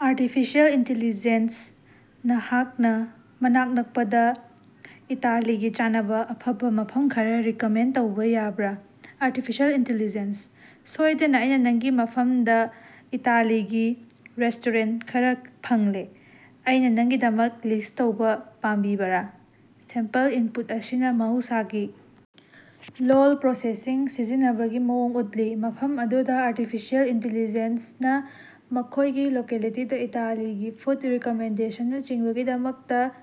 Artificial intelligence ꯅꯍꯥꯛꯅꯥ ꯃꯅꯥꯛ ꯅꯛꯄꯗ ꯏꯇꯥꯂꯤꯒꯤ ꯆꯥꯅꯕ ꯑꯐꯕ ꯃꯐꯝ ꯈꯔ ꯔꯤꯀꯃꯦꯟꯗ ꯇꯧꯕꯥ ꯌꯥꯕ꯭ꯔꯥ? ꯑꯥꯔꯇꯤꯐꯤꯁꯤꯑꯦꯜ ꯏꯟꯇꯦꯜꯂꯤꯖꯦꯟꯁ: "ꯁꯣꯏꯗꯅ, ꯑꯩꯅꯥ ꯅꯪꯒꯤ ꯃꯐꯝꯗ ꯏꯇꯥꯂꯤꯒꯤ ꯔꯦꯁ꯭ꯇꯣꯔꯦꯟꯠ ꯈꯔ ꯐꯪꯂꯦ꯫ ꯑꯩꯅ ꯉꯪꯒꯤꯗꯃꯛ ꯂꯤꯁ꯭ꯠ ꯇꯧꯕ ꯄꯥꯝꯕꯤꯕꯔꯥ? " ꯁꯦꯝꯄꯜ ꯏꯟꯄꯨꯠ ꯑꯁꯤꯅ ꯃꯍꯧꯁꯥꯒꯤ ꯂꯣꯜ ꯄ꯭ꯔꯣꯁꯦꯁꯤꯡ ꯁꯤꯖꯤꯟꯅꯕꯒꯤ ꯃꯑꯣꯡ ꯎꯠꯂꯤ, ꯃꯐꯝ ꯑꯗꯨꯗ ꯑꯥꯔꯇꯤꯐꯤꯁꯤꯑꯦꯜ ꯏꯟꯇꯦꯜꯂꯤꯖꯦꯟꯁ ꯅ ꯃꯈꯣꯏꯒꯤ ꯂꯣꯀꯦꯂꯤꯇꯤꯗ ꯏꯇꯥꯂꯤꯒꯤ ꯐꯨꯗ ꯔꯤꯀꯃꯦꯟꯗꯦꯁꯅꯕꯁꯤꯡꯒꯤꯗꯃꯛꯇ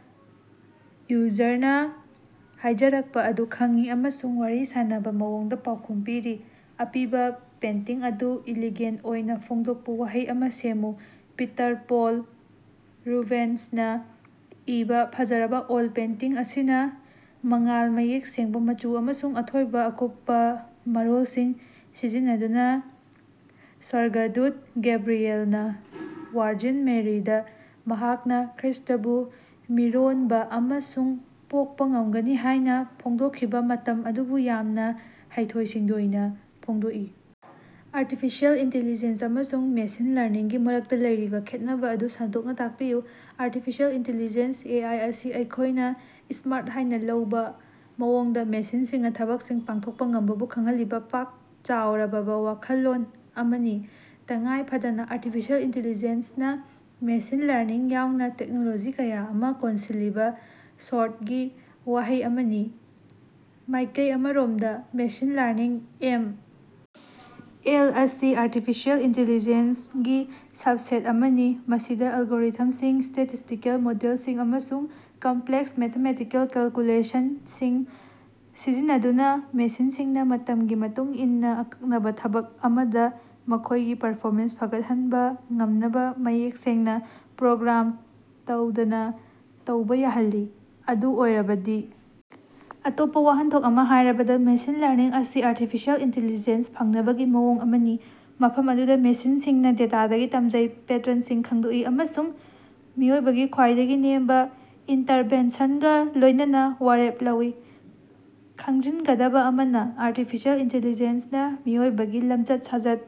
ꯌꯨꯖꯔꯅ ꯍꯥꯏꯖꯔꯛꯄ ꯑꯗꯨ ꯈꯪꯏ ꯑꯃꯁꯨꯡ ꯋꯥꯔꯤ ꯁꯥꯅꯕ ꯃꯑꯣꯡꯗ ꯄꯥꯎꯈꯨꯝ ꯄꯤꯔꯤ꯫ ꯑꯄꯤꯕꯥ ꯄꯦꯟꯇꯤꯡ ꯑꯗꯨ ꯏꯂꯤꯒꯦꯟ ꯑꯣꯏꯅ ꯐꯣꯡꯗꯣꯛꯄꯥ ꯋꯥꯍꯩ ꯑꯃ ꯁꯦꯝꯃꯨ꯫ ꯄꯤꯇꯔ ꯄꯣꯜ ꯔꯨꯕꯦꯟꯁꯅ ꯏꯕꯥ ꯐꯖꯔꯕ ꯑꯣꯏꯜ ꯄꯦꯟꯇꯤꯡ ꯑꯁꯤꯅ ꯃꯉꯥꯜ, ꯃꯌꯦꯛ ꯁꯦꯡꯕ ꯃꯆꯨ ꯑꯃꯁꯨꯡ ꯑꯊꯣꯏꯕ ꯑꯀꯨꯞꯄ ꯃꯔꯣꯂꯁꯤꯡ ꯁꯤꯖꯤꯟꯅꯗꯨꯅ, ꯁ꯭ꯋꯔꯒꯗꯨꯠ ꯒꯦꯕ꯭ꯔꯤꯌꯦꯜꯅꯥ ꯋꯥꯔꯖꯤꯟ ꯃꯦꯔꯤꯗ ꯃꯍꯥꯛꯅ ꯈ꯭ꯔ꯭ꯏꯁ꯭ꯇꯕꯨ ꯃꯤꯔꯣꯟꯕ ꯑꯃꯁꯨꯡ ꯄꯣꯛꯄ ꯉꯝꯒꯅꯤ ꯍꯥꯏꯅ ꯐꯣꯡꯗꯣꯛꯈꯤꯕ ꯃꯇꯝ ꯑꯗꯨꯕꯨ ꯌꯥꯝꯅ ꯍꯩꯊꯣꯏ-ꯁꯤꯡꯊꯣꯏꯅ ꯐꯣꯡꯗꯣꯛꯏ꯫। ꯑꯥꯔꯇꯤꯐꯤꯁꯤꯑꯦꯜ ꯏꯟꯇꯦꯂꯤꯖꯦꯟꯁ ꯑꯃꯁꯨꯡ ꯃꯦꯁꯤꯟ ꯂꯔꯅꯤꯡꯒꯤ ꯃꯔꯛꯇ ꯂꯩꯔꯤꯕꯥ ꯈꯦꯠꯅꯕꯥ ꯑꯗꯨ ꯁꯟꯗꯣꯛꯅ ꯇꯥꯛꯄꯤꯌꯨ꯫ Artificial intelligence (A. ꯑꯥꯏ.) ꯑꯁꯤ ꯑꯩꯈꯣꯏꯅ "ꯁ꯭ꯃꯥꯔꯠ" ꯍꯥꯏꯅ ꯂꯧꯕ ꯃꯑꯣꯡꯗ ꯃꯦꯁꯤꯟꯁꯤꯡꯅ ꯊꯕꯛꯁꯤꯡ ꯄꯥꯡꯊꯣꯛꯄ ꯉꯝꯕꯕꯨ ꯈꯪꯍꯜꯂꯤꯕ ꯄꯥꯛ ꯆꯥꯎꯔꯕꯕꯋꯥꯈꯜꯂꯣꯟ ꯑꯃꯅꯤ꯫ ꯇꯉꯥꯏꯐꯗꯅꯥ, ꯑꯥꯔꯇꯤꯐꯤꯁꯤꯑꯦꯜ ꯏꯟꯇꯦꯜꯂꯤꯖꯦꯟꯁꯅ ꯃꯦꯁꯤꯟ ꯂꯔꯅꯤꯡ ꯌꯥꯎꯅꯥ ꯇꯦꯛꯅꯣꯂꯣꯖꯤ ꯀꯌꯥ ꯑꯃ ꯀꯣꯟꯁꯤꯜꯂꯤꯕ ꯁ꯭ꯣꯔꯠꯒꯤ ꯋꯥꯍꯩ ꯑꯃꯅꯤ꯫ ꯃꯥꯏꯀꯩ ꯑꯃꯔꯣꯝꯗ, ꯃꯦꯁꯤꯟ ꯂꯔꯅꯤꯡ (ꯑꯦꯝ. ꯑꯦꯜ.) ꯑꯁꯤ ꯑꯥꯔꯇꯤꯐꯤꯁꯤꯑꯦꯜ ꯏꯟꯇꯦꯜꯂꯤꯖꯦꯟꯁ ꯒꯤ ꯁꯕꯁꯦꯠ ꯑꯃꯅꯤ ꯃꯁꯤꯗ ꯑꯦꯜꯒꯣꯔꯤꯊꯝꯁꯤꯡ, ꯁ꯭ꯇꯦꯇꯤꯁ꯭ꯇꯤꯀꯦꯜ ꯃꯣꯗꯦꯜꯁꯤꯡ, ꯑꯃꯁꯨꯡ ꯀꯝꯄ꯭ꯂꯦꯛꯁ ꯃꯦꯊꯃꯦꯇꯤꯀꯦꯜ ꯀꯦꯂꯀꯨꯂꯦꯁꯅꯁꯤꯡ ꯁꯤꯖꯤꯟꯅꯗꯨꯅ ꯃꯦꯁꯤꯟꯁꯤꯡꯅ ꯃꯇꯝꯒꯤ ꯃꯇꯨꯡ ꯏꯟꯅ ꯑꯀꯛꯅꯕ ꯊꯕꯛ ꯑꯃꯗ ꯃꯈꯣꯏꯒꯤ ꯄꯔꯐꯣꯃꯦꯟꯁ ꯐꯒꯠꯍꯟꯕ ꯉꯝꯅꯕ, ꯃꯌꯦꯛ ꯁꯦꯡꯅ ꯄ꯭ꯔꯣꯒ꯭ꯔꯥꯝ ꯇꯧꯗꯅ ꯇꯧꯕ ꯌꯥꯍꯜꯂꯤ꯫ ꯑꯗꯨ ꯑꯣꯏꯔꯕꯗꯤ. ꯑꯇꯣꯞꯄ ꯋꯥꯍꯟꯊꯣꯛ ꯑꯃꯗ ꯍꯥꯏꯔꯕꯗ, ꯃꯦꯁꯤꯟ ꯂꯔꯅꯤꯡ ꯑꯁꯤ ꯑꯥꯔꯇꯤꯐꯤꯁꯤꯑꯦꯜ ꯏꯟꯇꯤꯂꯤꯖꯦꯟꯁ ꯐꯪꯅꯕꯒꯤ ꯃꯑꯣꯡ ꯑꯃꯅꯤ ꯃꯐꯝ ꯑꯗꯨꯗꯥ ꯃꯦꯁꯤꯟꯁꯤꯡꯅ ꯗꯦꯇꯥꯗꯒꯤ ꯇꯃꯖꯩ, ꯄꯦꯇ꯭ꯔꯟꯁꯤꯡ ꯈꯉꯗꯣꯀꯏ ꯑꯃꯁꯨꯡ ꯃꯤꯑꯣꯏꯕꯒꯤ ꯈ꯭ꯋꯥꯏꯗꯒꯤ ꯅꯦꯝꯕ ꯏꯟꯇꯔꯚꯦꯟꯁꯟꯒ ꯂꯣꯏꯅꯅ ꯋꯥꯔꯦꯞ ꯂꯧꯏ꯫ ꯈꯪꯖꯤꯟꯒꯗꯕꯥ ꯑꯃꯅ, ꯑꯥꯔꯇꯤꯐꯤꯁꯤꯑꯦꯜ ꯏꯟꯇꯤꯂꯤꯖꯦꯟꯁꯅꯥ ꯃꯤꯑꯣꯏꯕꯒꯤ ꯂꯃꯆꯠ-ꯁꯥꯖꯠ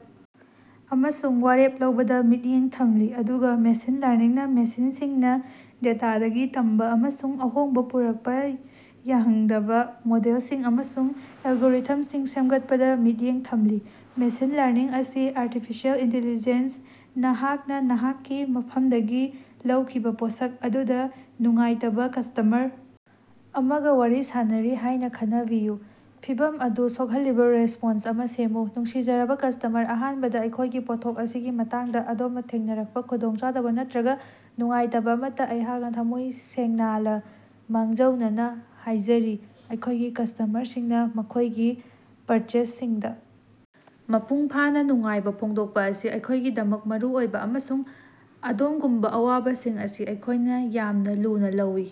ꯑꯃꯁꯨꯡ ꯋꯥꯔꯦꯞ ꯂꯧꯕꯗꯥ ꯃꯤꯠꯌꯦꯡ ꯊꯝꯂꯤ ꯑꯗꯨꯒ ꯃꯦꯁꯤꯟ ꯂꯔꯅꯤꯡꯅꯥ ꯃꯦꯁꯤꯟꯁꯤꯡꯅ ꯗꯦꯇꯥꯗꯒꯤ ꯇꯝꯕꯥ ꯑꯃꯁꯨꯡ ꯑꯍꯣꯡꯕ ꯄꯨꯔꯛꯄ ꯌꯥꯍꯉꯗꯕꯥ ꯃꯣꯗꯦꯜꯁꯤꯡ ꯑꯃꯁꯨꯡ ꯑꯦꯜꯒꯣꯔꯤꯊꯝꯁꯤꯡ ꯁꯦꯝꯒꯠꯄꯗ ꯃꯤꯠꯌꯦꯡ ꯊꯝꯂꯤ꯫ ꯃꯦꯁꯤꯟ ꯂꯔꯅꯤꯡ ꯑꯁꯤ ꯑꯥꯔꯇꯤꯐꯤꯁꯤꯑꯦꯜ ꯏꯟꯇꯦꯜꯂꯤꯖꯦꯟꯁ ꯅꯍꯥꯛꯅꯥꯅꯍꯥꯛꯀꯤ ꯃꯐꯝꯗꯒꯤ ꯂꯧꯈꯤꯕꯥ ꯄꯣꯠꯁꯛ ꯑꯗꯨꯗ ꯅꯨꯡꯉꯥꯏꯇꯕꯥ ꯀꯁ꯭ꯇꯃꯔ ꯑꯃꯒ ꯋꯥꯔꯤ ꯁꯥꯅꯔꯤ ꯍꯥꯌꯅꯥ ꯈꯅꯕꯤꯌꯨ꯫ ꯐꯤꯚꯝ ꯑꯗꯨ ꯁꯣꯈꯜꯂꯤꯕꯥ ꯔꯦꯁ꯭ꯄꯣꯟꯁ ꯑꯃꯥ ꯁꯦꯝꯃꯨ꯫ ꯅꯨꯡꯁꯤꯖꯔꯕꯥ ꯀꯁ꯭ꯇꯃꯔ, ꯑꯍꯥꯟꯕꯗ ꯑꯩꯈꯣꯏꯒꯤ ꯄꯣꯠꯊꯣꯛ ꯑꯁꯤꯒꯤ ꯃꯇꯥꯡꯗ ꯑꯗꯣꯝꯅꯥ ꯊꯦꯡꯅꯔꯛꯄꯥ ꯈꯨꯗꯣꯡꯆꯥꯗꯕ ꯅꯠꯇꯔꯒ ꯅꯨꯡꯉꯥꯏꯇꯕ ꯑꯃꯠꯇ ꯑꯩꯍꯥꯛꯅ ꯊꯃꯣꯏ ꯁꯦꯡꯅꯥꯂ ꯃꯥꯡꯖꯧꯅꯅꯥ ꯍꯥꯏꯖꯔꯤ꯫ ꯑꯩꯈꯣꯏꯒꯤ ꯀꯁ꯭ꯇꯃꯔꯁꯤꯡꯅ ꯃꯈꯣꯏꯒꯤ ꯄꯔꯆꯦꯖꯁꯤꯡꯗ ꯃꯄꯨꯡ ꯐꯥꯅ ꯅꯨꯡꯉꯥꯏꯕ ꯐꯣꯡꯗꯣꯛꯄ ꯑꯁꯤ ꯑꯩꯈꯣꯏꯒꯤꯗꯃꯛ ꯃꯔꯨꯑꯣꯏ ꯑꯃꯁꯨꯡ ꯑꯗꯣꯃꯒꯨꯝꯕ ꯑꯋꯥꯕꯁꯤꯡ ꯑꯁꯤ ꯑꯩꯈꯣꯏꯅ ꯌꯥꯝꯅ ꯂꯨꯅꯥ ꯂꯧꯏ꯫